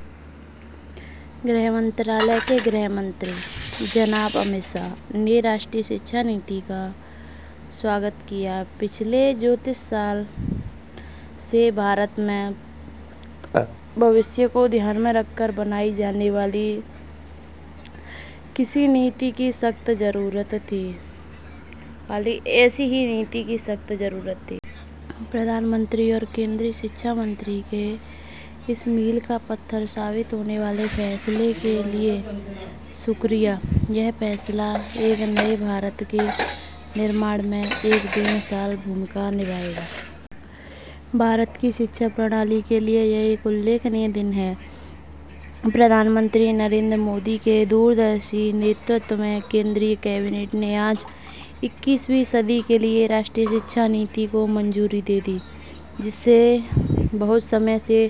امور داخلہ کی وزارت وزیر داخلہ جناب امت شاہ نے قومی تعلیمی پالیسی کا خیر مقدم کیا۔ پچھلے چونتیس سال سے بھارت میں مستقبل کو مدنظر رکھ کر بنائی جانے والی کسی ایسی پالیسی کی سخت ضرورت تھی۔ وزیراعظم اور تعلیم کے مرکزی وزیر کا سنگ میل کی حیثیت رکھنے والے اس فیصلے کے لیے شکریہ، یہ فیصلہ ایک نئے بھارت کی تعمیر میں ایک بے نظیر کردار ادا کرے گا۔ بھارت کے تعلیمی نظام کے لیے یہ ایک قابل ذکر دن ہے۔ وزیراعظم مودی کی دور اندیش قیادت میں مرکزی کابینہ نے آج اکیسویں صدی کے لیے قومی تعلیمی پالیسی کو منظوری دی، جس سے بہت پہلے سے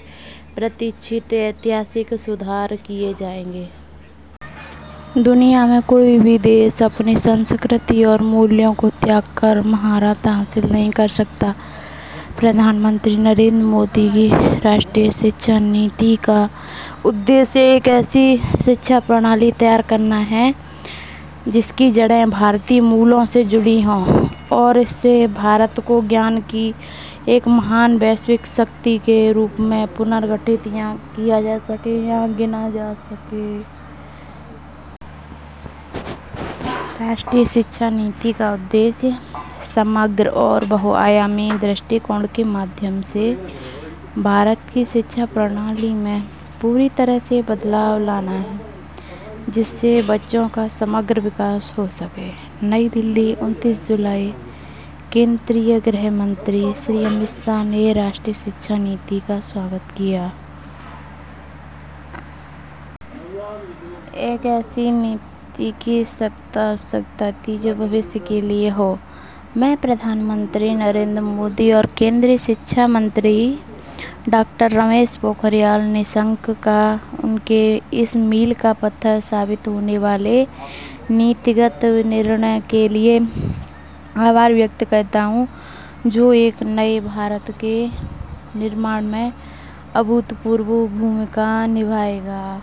درکار تاریخی اصلاحات کی جائیں گی۔ دنیا میں کوئی ملک اپنی ثقافت اور اقدار کو ترک کرکے مہارت حاصل نہیں کرسکتا۔ وزیراعظم مودی کی قومی تعلیمی پالیسی کا مقصد ایک ایسا نظام تعلیم تشکیل دینا ہے جس کی جڑیں بھارتی قدروں سے جڑی ہوں اور اس سے بھارت کی علم کی ایک عظیم عالمگیر طاقت کے طور پر تعمیر نو کی جا سکے۔ قومی تعلیمی پالیسی کا مقصد مجموعی اور کثیر جہتی نظریات کے ذریعے بھارت کے نظام تعلیم میں یکسر تبدیلی لانا ہے، جس سے بچوں کی مجموعی ترقی ہو۔ نئی دہلی، انتیس جولائی: مرکزی وزیر داخلہ جناب امت شاہ نے قومی تعلیمی پالیسی کا خیر مقدم کیا ہے۔ میں وزیراعظم نریندر مودی اور تعلیم کے مرکزی وزیر ڈاکٹر رمیش پوکھریال نشنک کا ان کے سنگ میل کی حیثیت رکھنے والے اس پالیسی فیصلے پر شکریہ ادا کرتا ہوں، جو ایک نئے بھارت کی تعمیر میں بے مثال کردار ادا کرے گا۔